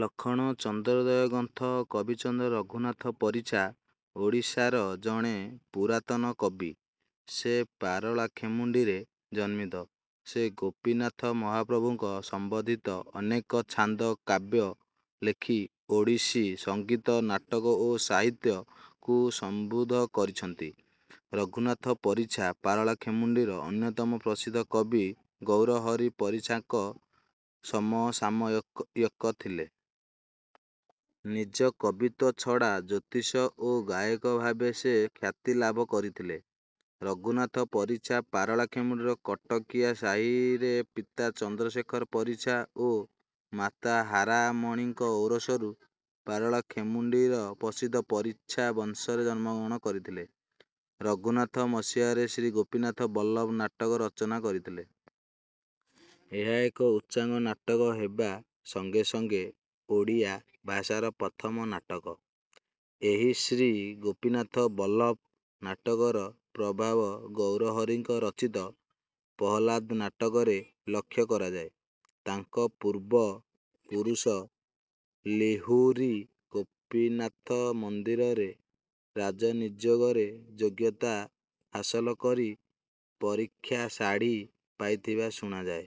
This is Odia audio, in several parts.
ଲକ୍ଷଣ ଚନ୍ଦ୍ରୋଦୟ ଗ୍ରନ୍ଥ କବିଚନ୍ଦ୍ର ରଘୁନାଥ ପରିଚ୍ଛା ଓଡ଼ିଶାର ଜଣେ ପୁରାତନ କବି। ସେ ପାରଳାଖେମୁଣ୍ଡିରେ ଜନ୍ମିତ। ସେ ଗୋପୀନାଥ ମହାପ୍ରଭୁଙ୍କ ସମ୍ବନ୍ଧିତ ଅନେକ ଛାନ୍ଦ, କାବ୍ୟ ଲେଖି ଓଡ଼ିଶୀ ସଙ୍ଗୀତ, ନାଟକ ଓ ସାହିତ୍ୟ କୁ ସମୃଦ୍ଧ କରିଛନ୍ତି। ରଘୁନାଥ ପରିଚ୍ଛା ପାରଳାଖେମୁଣ୍ଡିର ଅନ୍ୟତମ ପ୍ରସିଦ୍ଧ କବି ଗୌରହରି ପରିଚ୍ଛା ଙ୍କ ସମସାମୟିକ ଥିଲେ। ନିଜ କବିତ୍ୱ ଛଡ଼ା ଜ୍ୟୋତିଷ ଓ ଗାୟକ ଭାବେ ସେ ଖ୍ୟାତି ଲାଭ କରିଥିଲେ। ରଘୁନାଥ ପରିଚ୍ଛା ପାରଳାଖେମୁଣ୍ଡିର କଟକିଆ ସାହିରେ ପିତା ଚନ୍ଦ୍ରଶେଖର ପରିଚ୍ଛା ଓ ମାତା ହାରାମଣୀଙ୍କ ଔରସରୁ ପାରଳାଖେମୁଣ୍ଡିର ପ୍ରସିଦ୍ଧ 'ପରିଚ୍ଛା' ବଂଶରେ ଜନ୍ମଗ୍ରହଣ କରିଥିଲେ। ରଘୁନାଥ ମସିହାରେ ଶ୍ରୀ ଗୋପୀନାଥ ବଲ୍ଲଭ ନାଟକ ରଚନା କରିଥିଲେ। ଏହା ଏକ ଉଚ୍ଚାଙ୍ଗ ନାଟକ ହେବା ସଙ୍ଗେ ସଙ୍ଗେ ଓଡ଼ିଆ ଭାଷାର ପ୍ରଥମ ନାଟକ। ଏହି ଶ୍ରୀ ଗୋପୀନାଥ ବଲ୍ଲଭ ନାଟକର ପ୍ରଭାବ ଗୌରହରିଙ୍କ ରଚିତ ପ୍ରହ୍ଲାଦ ନାଟକରେ ଲକ୍ଷ୍ୟ କରାଯାଏ। ତାଙ୍କ ପୂର୍ବ ପୁରୁଷ ଲିହୁରି ଗୋପୀନାଥ ମନ୍ଦିରରେ ରାଜ ନିଯୋଗରେ ଯୋଗ୍ୟତା ହାସଲ କରି ପରିକ୍ଷା ଶାଢି ପାଇଥିବା ଶୁଣାଯାଏ।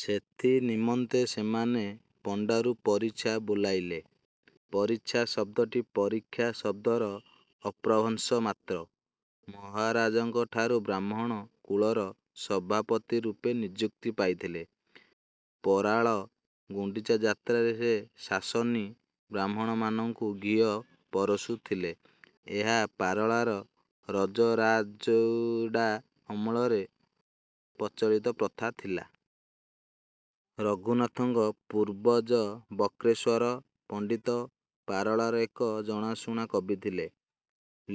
ସେଥି ନିମନ୍ତେ ସେମାନେ ପଣ୍ଡାରୁ ପରିଚ୍ଛା ବୋଲାଇଲେ। ପରିଚ୍ଛା ଶବ୍ଦଟି ପରୀକ୍ଷା ଶବ୍ଦର ଅପଭ୍ରଂଶ ମାତ୍ର। ମହାରାଜଙ୍କଠାରୁ ବ୍ରାହ୍ମଣ କୁଳର ସଭାପତି ରୂପେ ନିଯୁକ୍ତି ପାଇଥିଲେ। ପରଳା ଗୁଣ୍ଡିଚା ଯାତ୍ରାରେ ସେ ଶାସନୀ ବ୍ରାହ୍ମଣମାନଙ୍କୁ ଘିଅ ପରଷୁଥିଲେ। ଏହା ପାରଳାର ରଜାରାଜୁଡ଼ା ଅମଳର ପ୍ରଚଳିତ ପ୍ରଥା ଥିଲା। ରଘୁନାଥଙ୍କ ପୂର୍ବଜ ବକ୍ରେଶ୍ୱର ପଣ୍ଡିତ ପାରଳାର ଏକ ଜଣାଶୁଣା କବି ଥିଲେ।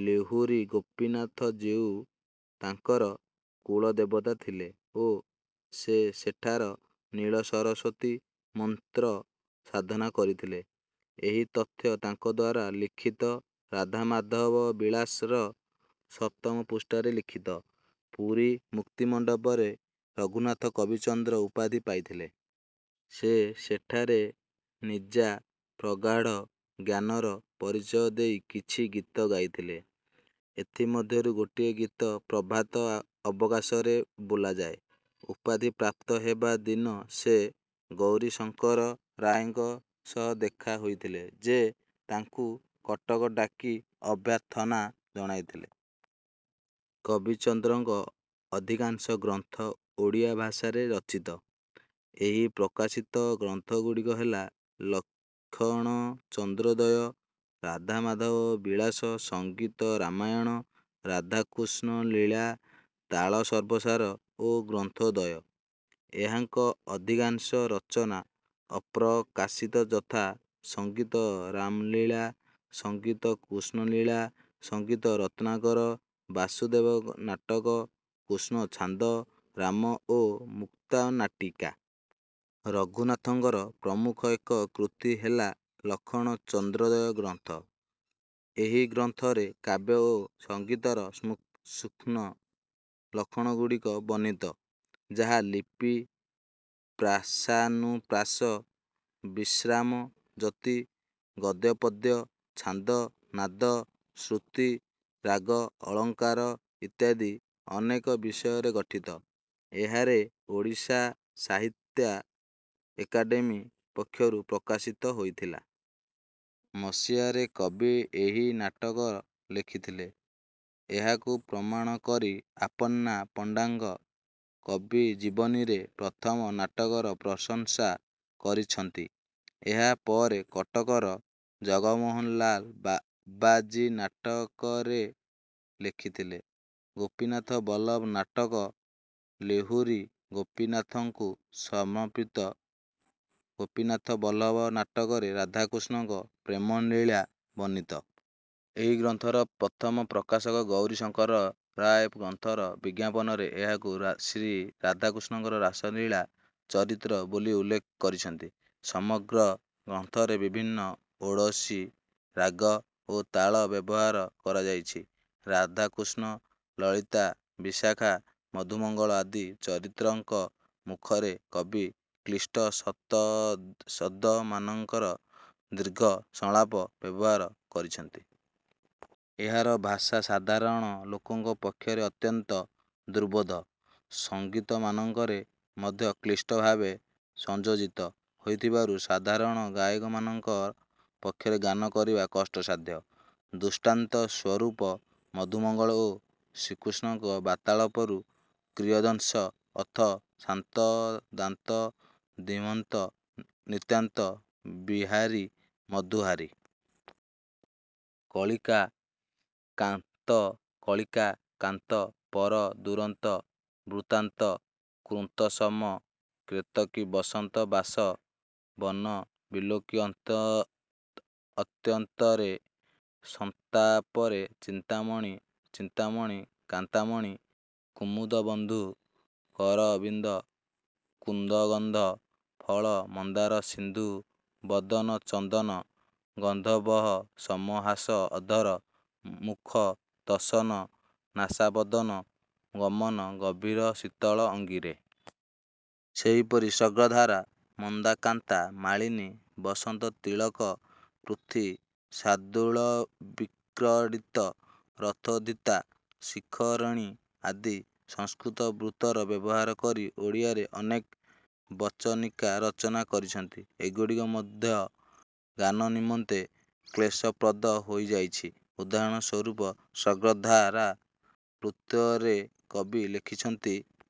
ଲିହୁରି ଗୋପୀନାଥ ଜୀଉ ତାଙ୍କର କୁଳଦେବତା ଥିଲେ ଓ ସେ ସେଠାରେ ନୀଳସରସ୍ୱତୀ ମନ୍ତ୍ର ସାଧନା କରିଥିଲେ। ଏହି ତଥ୍ୟ ତାଙ୍କଦ୍ୱାରା ଲିଖିତ 'ରାଧାମାଧାବ ବିଳାସ'ର ସପ୍ତମ ପୃଷ୍ଠାରେ ଲିଖିତ। ପୁରୀ ମୁକ୍ତିମଣ୍ଡପରେ ରଘୁନାଥ କବିଚନ୍ଦ୍ର ଉପାଧି ପାଇଥିଲେ। ସେ ସେଠାରେ ନିଜା ପ୍ରଗାଢ଼ ଜ୍ଞାନର ପରିଚୟ ଦେଇ କିଛି ଗୀତ ଗାଇଥିଲେ। ଏଥି ମଧ୍ୟରୁ ଗୋଟିଏ ଗୀତ ପ୍ରଭାତ ଅବକାଶରେ ବୋଲାଯାଏ। ଉପାଧି ପ୍ରାପ୍ତ ହେବା ଦିନ ସେ ଗୌରୀଶଙ୍କର ରାୟଙ୍କ ସହ ଦେଖା ହୋଇଥିଲେ, ଯେ ତାଙ୍କୁ କଟକ ଡାକି ଅଭ୍ୟର୍ଥନା ଜଣାଇଥିଲେ। କବିଚନ୍ଦ୍ରଙ୍କ ଅଧିକାଂଶ ଗ୍ରନ୍ଥ ଓଡ଼ିଆ ଭାଷାରେ ରଚିତ। ଏହି ପ୍ରକାଶିତ ଗ୍ରନ୍ଥଗୁଡ଼ିକ ହେଲା- ଲକ୍ଷଣଚନ୍ଦ୍ରୋଦୟ, ରାଧାମାଧବ ବିଳାସ, ସଙ୍ଗୀତ ରାମାୟଣ, ରାଧାକୃଷ୍ଣ ଲୀଳା, ତାଳ ସର୍ବସାର ଓ ଗ୍ରନ୍ଥୋଦୟ। ଏହାଙ୍କ ଅଧିକାଂଶ ରଚନା ଅପ୍ରକାଶିତ ଯଥା: ସଙ୍ଗୀତ ରାମଲୀଳା, ସଙ୍ଗୀତ କୃଷ୍ଣଲୀଳା, ସଙ୍ଗୀତ ରତ୍ନାକର, ବାସୁଦେବ ନାଟକ, କୃଷ୍ଣ ଛାନ୍ଦ, ରାମ ଓ ମୁକ୍ତା ନାଟିକା। ରଘୁନାଥଙ୍କର ପ୍ରମୁଖ ଏକ କୃତି ହେଲା ଲକ୍ଷଣ ଚନ୍ଦ୍ରୋଦୟ ଗ୍ରନ୍ଥ। ଏହି ଗ୍ରନ୍ଥରେ କାବ୍ୟ ଓ ସଙ୍ଗୀତର ସୂକ୍ଷ୍ମ ଲକ୍ଷଣଗୁଡ଼ିକ ବର୍ଣ୍ଣିତ। ଯାହା ଲିପି, ପ୍ରାସାନୁପ୍ରାସ, ବିଶ୍ରାମ ଯତି, ଗଦ୍ୟପଦ୍ୟ, ଛାନ୍ଦ, ନାଦ, ଶ୍ରୁତି, ରାଗ, ଅଳଙ୍କାର ଇତ୍ୟାଦି ଅନେକ ବିଷୟରେ ଗଠିତ। ଏହା ରେ ଓଡ଼ିଶା ସାହିତ୍ୟା ଏକାଡେମୀ ପକ୍ଷରୁ ପ୍ରକାଶିତ ହୋଇଥିଲା। ମସିହାରେ କବି ଏହି ନାଟକ ଲେଖିଥିଲେ। ଏହାକୁ ପ୍ରମାଣ କରି ଆପନ୍ନା ପଣ୍ଡାଙ୍କ 'କବି ଜୀବନି'ରେ ପ୍ରଥମ ନାଟକର ପ୍ରଶଂସା କରିଛନ୍ତି। ଏହା ପରେ କଟକର ଜଗମୋହନ ଲାଲ ବାବାଜୀ ନାଟକ ରେ ଲେଖିଥିଲେ। ଗୋପୀନାଥ ବଲ୍ଲଭ ନାଟକ ଲିହୁରି ଗୋପୀନାଥଙ୍କୁ ସମର୍ପିତ ଥିଲା। ଗୋପୀନାଥ ବଲ୍ଲଭ ନାଟକରେ ରାଧାକୃଷ୍ଣଙ୍କ ପ୍ରେମଲୀଳା ବର୍ଣ୍ଣିତ। ଏହି ଗ୍ରନ୍ଥର ପ୍ରଥମ ପ୍ରକାଶକ ଗୌରୀଶଙ୍କର ରାୟ ଗ୍ରନ୍ଥର ବିଜ୍ଞାପନରେ ଏହାକୁ 'ଶ୍ରୀରାଧାକୃଷ୍ଣଙ୍କର ରାସଲୀଳା ଚରିତ୍ର' ବୋଲି ଉଲ୍ଲେଖ କରିଛନ୍ତି। ସମଗ୍ର ଗ୍ରନ୍ଥରେ ବିଭିନ୍ନ ଓଡ଼ିଶୀ ରାଗ ଓ ତାଳ ବ୍ୟବହାର କରାଯାଇଛି। ରାଧା, କୃଷ୍ଣ, ଲଳିତା, ବିଶାଖା, ମଧୁମଙ୍ଗଳ ଆଦି ଚରିତ୍ରଙ୍କ ମୁଖରେ କବି କ୍ଳିଷ୍ଟ ଶବ୍ଦମାନଙ୍କର ଦୀର୍ଘ ସଂଳାପ ବ୍ୟବହାର କରିଛନ୍ତି। ଏହାର ଭାଷା ସାଧାରଣ ଲୋକଙ୍କ ପକ୍ଷରେ ଅତ୍ୟନ୍ତ ଦୁର୍ବୋଧ୍ୟ। ସଙ୍ଗୀତମାନଙ୍କରେ ମଧ୍ୟ କ୍ଳିଷ୍ଟ ଭାବେ ସଂଯୋଜିତ ହୋଇଥିବାରୁ ସାଧାରଣ ଗାୟକମାନଙ୍କ ପକ୍ଷରେ ଗାନ କରିବା କଷ୍ଟସାଧ୍ୟ। ଦୃଷ୍ଟାନ୍ତ ସ୍ୱରୂପ ମଧୁମଙ୍ଗଳ ଓ ଶ୍ରୀକୃଷ୍ଣଙ୍କ ବାର୍ତ୍ତାଳାପରୁ କିୟଦଂଶ: ଅଥ ଶାନ୍ତ ଦାନ୍ତ ଧୀମନ୍ତ ନିତାନ୍ତ ବିହାରି ମଧୁହାରି। କଳିକା କାନ୍ତ କଳିକା କାନ୍ତ ପର ଦୁରନ୍ତ ବୃତ୍ତାନ୍ତ କୁନ୍ତସମ କେତକୀ ବସନ୍ତ ବାସ ବନ ବିଲୋକି ଅତ୍ୟନ୍ତରେ ସନ୍ତାପରେ। ଚିନ୍ତାମଣି ଚିନ୍ତାମଣି କାନ୍ତାମଣି। କୁମୁଦ ବନ୍ଧୁ କରବିନ୍ଦ କୁନ୍ଦଗନ୍ଧ ଫଳ ମନ୍ଦାର ସିନ୍ଧୁ ବଦନ ଚନ୍ଦନ ଗନ୍ଧବହ ସମ ହାସ ଅଧର ମୁଖ ଦଶନ ନାସାବଦନ ଗମନ ଗଭୀର ଶୀତଳ ଅଙ୍ଗିରେ। ସେହିପରି ସ୍ରଗ୍ଧାରା, ମନ୍ଦାକ୍ରାନ୍ତା, ମାଳିନୀ, ବସନ୍ତତିଳକ, ପୃଥ୍ୱୀ, ଶାର୍ଦ୍ଦୂଳବିକ୍ରୀଡ଼ିତ, ରଥୋଦ୍ଧତା, ଶିଖରିଣୀ ଆଦି ସଂସ୍କୃତ ବୃତ୍ତର ବ୍ୟବହାର କରି ଓଡ଼ିଆରେ ଅନେକ ବଚନିକା ରଚନା କରିଛନ୍ତି। ଏଗୁଡ଼ିକ ମଧ୍ୟ ଗାନ ନିମନ୍ତେ କ୍ଳେଶପ୍ରଦ ହୋଇଯାଇଛି। ଉଦାହରଣ ସ୍ୱରୂପ ସ୍ରଗ୍ଧାରା ବୃତ୍ତରେ କବି ଲେଖିଛନ୍ତି:।